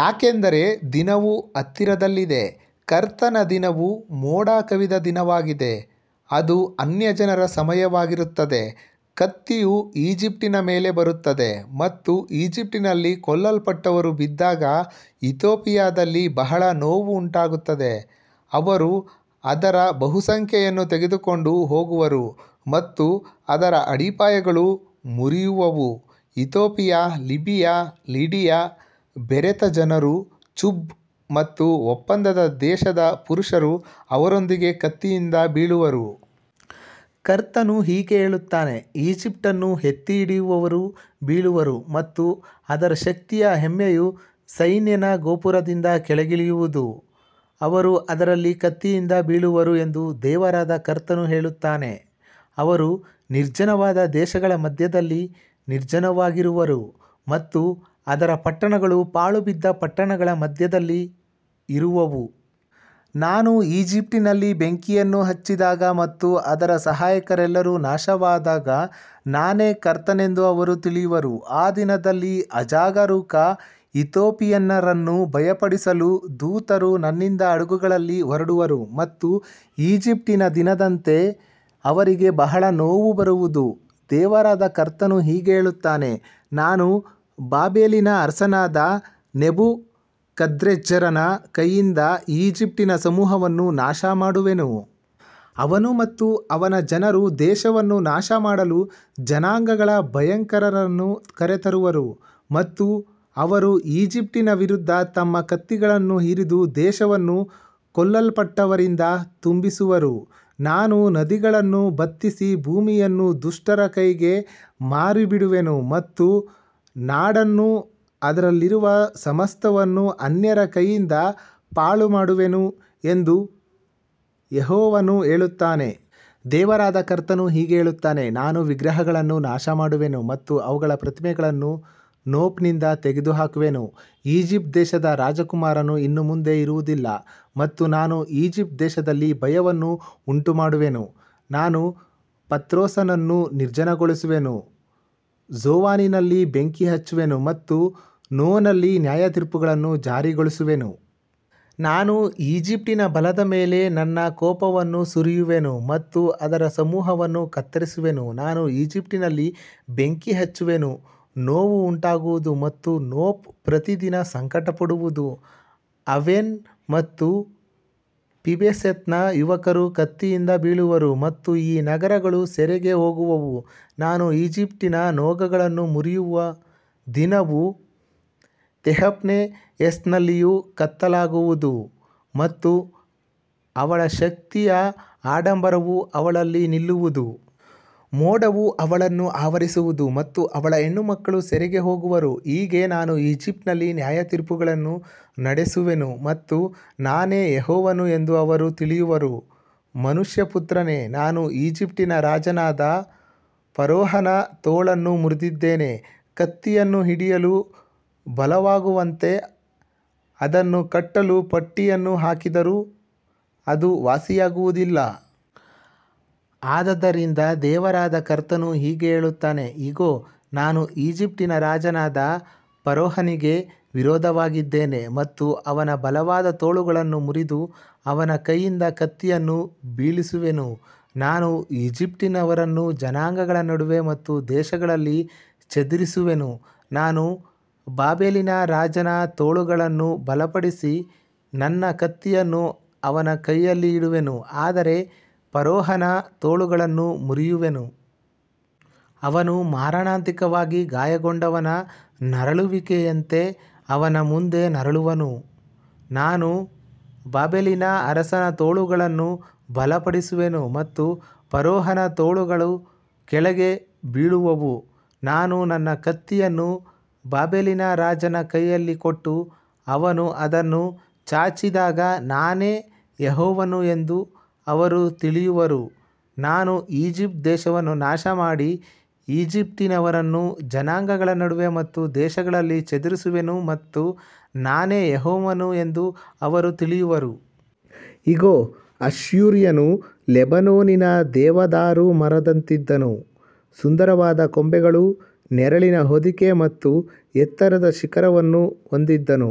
ಯಾಕಂದರೆ ದಿನವು ಹತ್ತಿರದಲ್ಲಿದೆ, ಕರ್ತನ ದಿನವು ಮೋಡ ಕವಿದ ದಿನವಾಗಿದೆ, ಅದು ಅನ್ಯಜನರ ಸಮಯವಾಗಿರುತ್ತದೆ. ಕತ್ತಿಯು ಈಜಿಪ್ಟಿನ ಮೇಲೆ ಬರುತ್ತದೆ ಮತ್ತು ಈಜಿಪ್ಟಿನಲ್ಲಿ ಕೊಲ್ಲಲ್ಪಟ್ಟವರು ಬಿದ್ದಾಗ ಇಥಿಯೋಪಿಯಾದಲ್ಲಿ ಬಹಳ ನೋವು ಉಂಟಾಗುತ್ತದೆ. ಅವರು ಅದರ ಬಹುಸಂಖ್ಯೆಯನ್ನು ತೆಗೆದುಕೊಂಡು ಹೋಗುವರು ಮತ್ತು ಅದರ ಅಡಿಪಾಯಗಳು ಮುರಿಯುವವು. ಇಥಿಯೋಪಿಯ, ಲಿಬಿಯಾ, ಲಿಡಿಯಾ, ಬೆರೆತ ಜನರು, ಚುಬ್ ಮತ್ತು ಒಪ್ಪಂದದ ದೇಶದ ಪುರುಷರು ಅವರೊಂದಿಗೆ ಕತ್ತಿಯಿಂದ ಬೀಳುವರು. ಕರ್ತನು ಹೀಗೆ ಹೇಳುತ್ತಾನೆ, ಈಜಿಪ್ಟನ್ನು ಎತ್ತಿಹಿಡಿಯುವವರು ಬೀಳುವರು ಮತ್ತು ಅದರ ಶಕ್ತಿಯ ಹೆಮ್ಮೆಯು ಸೈನೆನ ಗೋಪುರದಿಂದ ಕೆಳಗಿಳಿಯುವುದು. ಅವರು ಅದರಲ್ಲಿ ಕತ್ತಿಯಿಂದ ಬೀಳುವರು ಎಂದು ದೇವರಾದ ಕರ್ತನು ಹೇಳುತ್ತಾನೆ. ಅವರು ನಿರ್ಜನವಾದ ದೇಶಗಳ ಮಧ್ಯದಲ್ಲಿ ನಿರ್ಜನವಾಗಿರುವರು ಮತ್ತು ಅದರ ಪಟ್ಟಣಗಳು ಪಾಳುಬಿದ್ದ ಪಟ್ಟಣಗಳ ಮಧ್ಯದಲ್ಲಿ ಇರುವವು. ನಾನು ಈಜಿಪ್ಟಿನಲ್ಲಿ ಬೆಂಕಿಯನ್ನು ಹಚ್ಚಿದಾಗ ಮತ್ತು ಅದರ ಸಹಾಯಕರೆಲ್ಲರೂ ನಾಶವಾದಾಗ ನಾನೇ ಕರ್ತನೆಂದು ಅವರು ತಿಳಿಯುವರು. ಆ ದಿನದಲ್ಲಿ ಅಜಾಗರೂಕ ಇಥಿಯೋಪಿಯನ್ನರನ್ನು ಭಯಪಡಿಸಲು ದೂತರು ನನ್ನಿಂದ ಹಡಗುಗಳಲ್ಲಿ ಹೊರಡುವರು ಮತ್ತು ಈಜಿಪ್ಟಿನ ದಿನದಂತೆ ಅವರಿಗೆ ಬಹಳ ನೋವು ಬರುವುದು. ದೇವರಾದ ಕರ್ತನು ಹೀಗೆ ಹೇಳುತ್ತಾನೆ, ನಾನು ಬಾಬೆಲಿನ ಅರಸನಾದ ನೆಬುಕದ್ರೆಜ್ಜರನ ಕೈಯಿಂದ ಈಜಿಪ್ಟಿನ ಸಮೂಹವನ್ನು ನಾಶಮಾಡುವೆನು. ಅವನು ಮತ್ತು ಅವನ ಜನರು ದೇಶವನ್ನು ನಾಶಮಾಡಲು ಜನಾಂಗಗಳ ಭಯಂಕರರನ್ನು ಕರೆತರುವರು ಮತ್ತು ಅವರು ಈಜಿಪ್ಟಿನ ವಿರುದ್ಧ ತಮ್ಮ ಕತ್ತಿಗಳನ್ನು ಹಿರಿದು ದೇಶವನ್ನು ಕೊಲ್ಲಲ್ಪಟ್ಟವರಿಂದ ತುಂಬಿಸುವರು. ನಾನು ನದಿಗಳನ್ನು ಬತ್ತಿಸಿ ಭೂಮಿಯನ್ನು ದುಷ್ಟರ ಕೈಗೆ ಮಾರಿಬಿಡುವೆನು ಮತ್ತು ನಾಡನ್ನೂ ಅದರಲ್ಲಿರುವ ಸಮಸ್ತವನ್ನೂ ಅನ್ಯರ ಕೈಯಿಂದ ಪಾಳುಮಾಡುವೆನು ಎಂದು ಯೆಹೋವನು ಹೇಳುತ್ತಾನೆ. ದೇವರಾದ ಕರ್ತನು ಹೀಗೆ ಹೇಳುತ್ತಾನೆ, ನಾನು ವಿಗ್ರಹಗಳನ್ನು ನಾಶಮಾಡುವೆನು ಮತ್ತು ಅವುಗಳ ಪ್ರತಿಮೆಗಳನ್ನು ನೋಫ್ನಿಂದ ತೆಗೆದುಹಾಕುವೆನು. ಈಜಿಪ್ಟ್ ದೇಶದ ರಾಜಕುಮಾರನು ಇನ್ನು ಮುಂದೆ ಇರುವುದಿಲ್ಲ ಮತ್ತು ನಾನು ಈಜಿಪ್ಟ್ ದೇಶದಲ್ಲಿ ಭಯವನ್ನು ಉಂಟುಮಾಡುವೆನು. ನಾನು ಪತ್ರೋಸನ್ನು ನಿರ್ಜನಗೊಳಿಸುವೆನು, ಝೋವಾನಿನಲ್ಲಿ ಬೆಂಕಿ ಹಚ್ಚುವೆನು ಮತ್ತು ನೋನಲ್ಲಿ ನ್ಯಾಯತೀರ್ಪುಗಳನ್ನು ಜಾರಿಗೊಳಿಸುವೆನು. ನಾನು ಈಜಿಪ್ಟಿನ ಬಲದ ಮೇಲೆ ನನ್ನ ಕೋಪವನ್ನು ಸುರಿಯುವೆನು ಮತ್ತು ಅದರ ಸಮೂಹವನ್ನು ಕತ್ತರಿಸುವೆನು. ನಾನು ಈಜಿಪ್ಟಿನಲ್ಲಿ ಬೆಂಕಿ ಹಚ್ಚುವೆನು, ನೋವು ಉಂಟಾಗುವುದು ಮತ್ತು ನೋಫ್ ಪ್ರತಿದಿನ ಸಂಕಟಪಡುವುದು. ಆವೆನ್ ಮತ್ತು ಪಿಬೆಸೆತ್ನ ಯುವಕರು ಕತ್ತಿಯಿಂದ ಬೀಳುವರು ಮತ್ತು ಈ ನಗರಗಳು ಸೆರೆಗೆ ಹೋಗುವವು. ನಾನು ಈಜಿಪ್ಟಿನ ನೊಗಗಳನ್ನು ಮುರಿಯುವ ದಿನವು ತೆಹಫ್ನೆಹೆಸ್ನಲ್ಲಿಯೂ ಕತ್ತಲಾಗುವುದು ಮತ್ತು ಅವಳ ಶಕ್ತಿಯ ಆಡಂಬರವು ಅವಳಲ್ಲಿ ನಿಲ್ಲುವುದು. ಮೋಡವು ಅವಳನ್ನು ಆವರಿಸುವುದು ಮತ್ತು ಅವಳ ಹೆಣ್ಣುಮಕ್ಕಳು ಸೆರೆಗೆ ಹೋಗುವರು. ಹೀಗೆ ನಾನು ಈಜಿಪ್ಟಿನಲ್ಲಿ ನ್ಯಾಯತೀರ್ಪುಗಳನ್ನು ನಡೆಸುವೆನು ಮತ್ತು ನಾನೇ ಯೆಹೋವನು ಎಂದು ಅವರು ತಿಳಿಯುವರು. ಮನುಷ್ಯಪುತ್ರನೇ, ನಾನು ಈಜಿಪ್ಟಿನ ರಾಜನಾದ ಫರೋಹನ ತೋಳನ್ನು ಮುರಿದಿದ್ದೇನೆ. ಕತ್ತಿಯನ್ನು ಹಿಡಿಯಲು ಬಲವಾಗುವಂತೆ ಅದನ್ನು ಕಟ್ಟಲು ಪಟ್ಟಿಯನ್ನು ಹಾಕಿದರೂ ಅದು ವಾಸಿಯಾಗುವುದಿಲ್ಲ. ಆದದರಿಂದ ದೇವರಾದ ಕರ್ತನು ಹೀಗೆ ಹೇಳುತ್ತಾನೆ, ಇಗೋ, ನಾನು ಈಜಿಪ್ಟಿನ ರಾಜನಾದ ಫರೋಹನಿಗೆ ವಿರೋಧವಾಗಿದ್ದೇನೆ ಮತ್ತು ಅವನ ಬಲವಾದ ತೋಳನ್ನು ಮುರಿದು ಅವನ ಕೈಯಿಂದ ಕತ್ತಿಯನ್ನು ಬೀಳಿಸುವೆನು. ನಾನು ಈಜಿಪ್ಟಿನವರನ್ನು ಜನಾಂಗಗಳ ನಡುವೆ ಮತ್ತು ದೇಶಗಳಲ್ಲಿ ಚದುರಿಸುವೆನು. ನಾನು ಬಾಬೆಲಿನ ರಾಜನ ತೋಳುಗಳನ್ನು ಬಲಪಡಿಸಿ ನನ್ನ ಕತ್ತಿಯನ್ನು ಅವನ ಕೈಯಲ್ಲಿ ಇಡುವೆನು, ಆದರೆ ಫರೋಹನ ತೋಳುಗಳನ್ನು ಮುರಿಯುವೆನು. ಅವನು ಮಾರಣಾಂತಿಕವಾಗಿ ಗಾಯಗೊಂಡವನ ನರಳುವಿಕೆಯಂತೆ ಅವನ ಮುಂದೆ ನರಳುವನು. ನಾನು ಬಾಬೆಲಿನ ಅರಸನ ತೋಳುಗಳನ್ನು ಬಲಪಡಿಸುವೆನು ಮತ್ತು ಫರೋಹನ ತೋಳುಗಳು ಕೆಳಗೆ ಬೀಳುವವು. ನಾನು ನನ್ನ ಕತ್ತಿಯನ್ನು ಬಾಬೆಲಿನ ರಾಜನ ಕೈಯಲ್ಲಿ ಕೊಟ್ಟು ಅವನು ಅದನ್ನು ಚಾಚಿದಾಗ ನಾನೇ ಯೆಹೋವನು ಎಂದು ಅವರು ತಿಳಿಯುವರು. ನಾನು ಈಜಿಪ್ಟ್ ದೇಶವನ್ನು ನಾಶಮಾಡಿ ಈಜಿಪ್ಟಿನವರನ್ನು ಜನಾಂಗಗಳ ನಡುವೆ ಮತ್ತು ದೇಶಗಳಲ್ಲಿ ಚದುರಿಸುವೆನು ಮತ್ತು ನಾನೇ ಯೆಹೋವನು ಎಂದು ಅವರು ತಿಳಿಯುವರು. ಇಗೋ, ಅಶ್ಶೂರ್ಯನು ಲೆಬನೋನಿನ ದೇವದಾರು ಮರದಂತಿದ್ದನು, ಸುಂದರವಾದ ಕೊಂಬೆಗಳು, ನೆರಳಿನ ಹೊದಿಕೆ ಮತ್ತು ಎತ್ತರದ ಶಿಖರವನ್ನು ಹೊಂದಿದ್ದನು,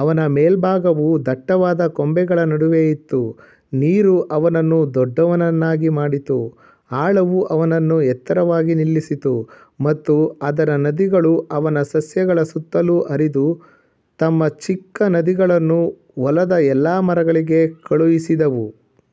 ಅವನ ಮೇಲ್ಭಾಗವು ದಟ್ಟವಾದ ಕೊಂಬೆಗಳ ನಡುವೆ ಇತ್ತು. ನೀರು ಅವನನ್ನು ದೊಡ್ಡವನನ್ನಾಗಿ ಮಾಡಿತು, ಆಳವು ಅವನನ್ನು ಎತ್ತರವಾಗಿ ನಿಲ್ಲಿಸಿತು ಮತ್ತು ಅದರ ನದಿಗಳು ಅವನ ಸಸ್ಯಗಳ ಸುತ್ತಲೂ ಹರಿದು ತಮ್ಮ ಚಿಕ್ಕ ನದಿಗಳನ್ನು ಹೊಲದ ಎಲ್ಲಾ ಮರಗಳಿಗೆ ಕಳುಹಿಸಿದವು.